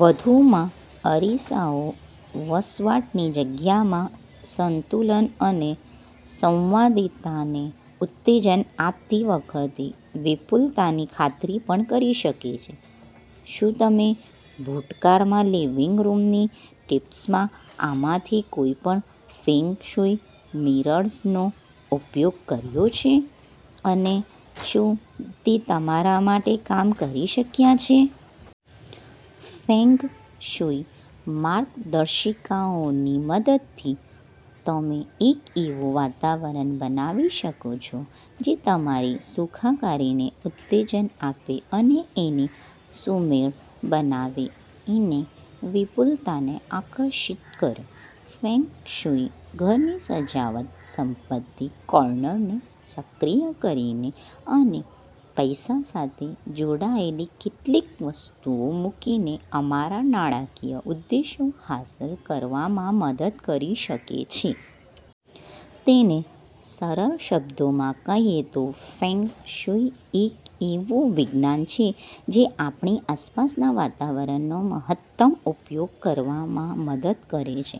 વધુમાં, અરીસાઓ વસવાટની જગ્યામાં સંતુલન અને સંવાદિતાને ઉત્તેજન આપતી વખતે વિપુલતાની ખાતરી પણ કરી શકે છે. શું તમે ભૂતકાળમાં લિવિંગ રૂમની ટીપ્સમાં આમાંથી કોઈપણ ફેંગ શુઈ મિરર્સનો ઉપયોગ કર્યો છે અને શું તે તમારા માટે કામ કરી શક્યા છે? ફેંગ શુઇ માર્ગદર્શિકાઓની મદદથી, તમે એક એવું વાતાવરણ બનાવી શકો છો જે તમારી સુખાકારીને ઉત્તેજન આપે અને ચીને સુમેળ બનાવીને વિપુલતાને આકર્ષિત કરે. ફેંગ શુઇ ઘરની સજાવટ સંપત્તિ કોર્નરને સક્રિય કરીને અને પૈસા સાથે જોડાયેલી કેટલીક વસ્તુઓ મૂકીને અમારા નાણાકીય ઉદ્દેશો હાંસલ કરવામાં મદદ કરી શકે છે. તેને સરળ શબ્દોમાં કહીએ તો, ફેંગ શુઇએક એવું વિજ્ઞાન છે જે આપણી આસપાસના વાતાવરણનો મહત્તમ ઉપયોગ કરવામાં મદદ કરે છે.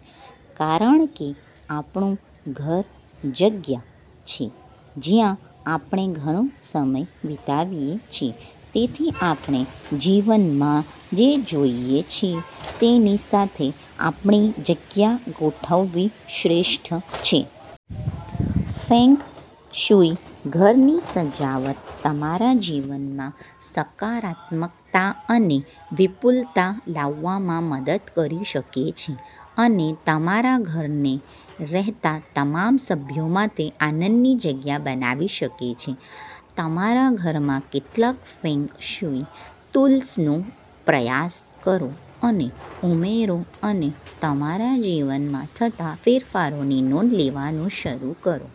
કારણ કે, આપણું ઘરજગ્યા છે જ્યાં આપણે ઘણો સમય વિતાવીએ છીએ. તેથી, આપણે જીવનમાં જે જોઈએ છીએ તેની સાથે આપણી જગ્યા ગોઠવવી શ્રેષ્ઠ છે. ફેંગ શુઇ ઘરની સજાવટ તમારા જીવનમાં સકારાત્મકતા અને વિપુલતા લાવવામાં મદદ કરી શકે છે અને તમારા ઘરને રહેતા તમામ સભ્યો માટે આનંદની જગ્યા બનાવી શકે છે. તમારા ઘરમાં કેટલાક ફેંગ શુઇ ટૂલ્સનો પ્રયાસ કરો અને ઉમેરો અને તમારા જીવનમાં થતા ફેરફારોની નોંધ લેવાનું શરૂ કરો.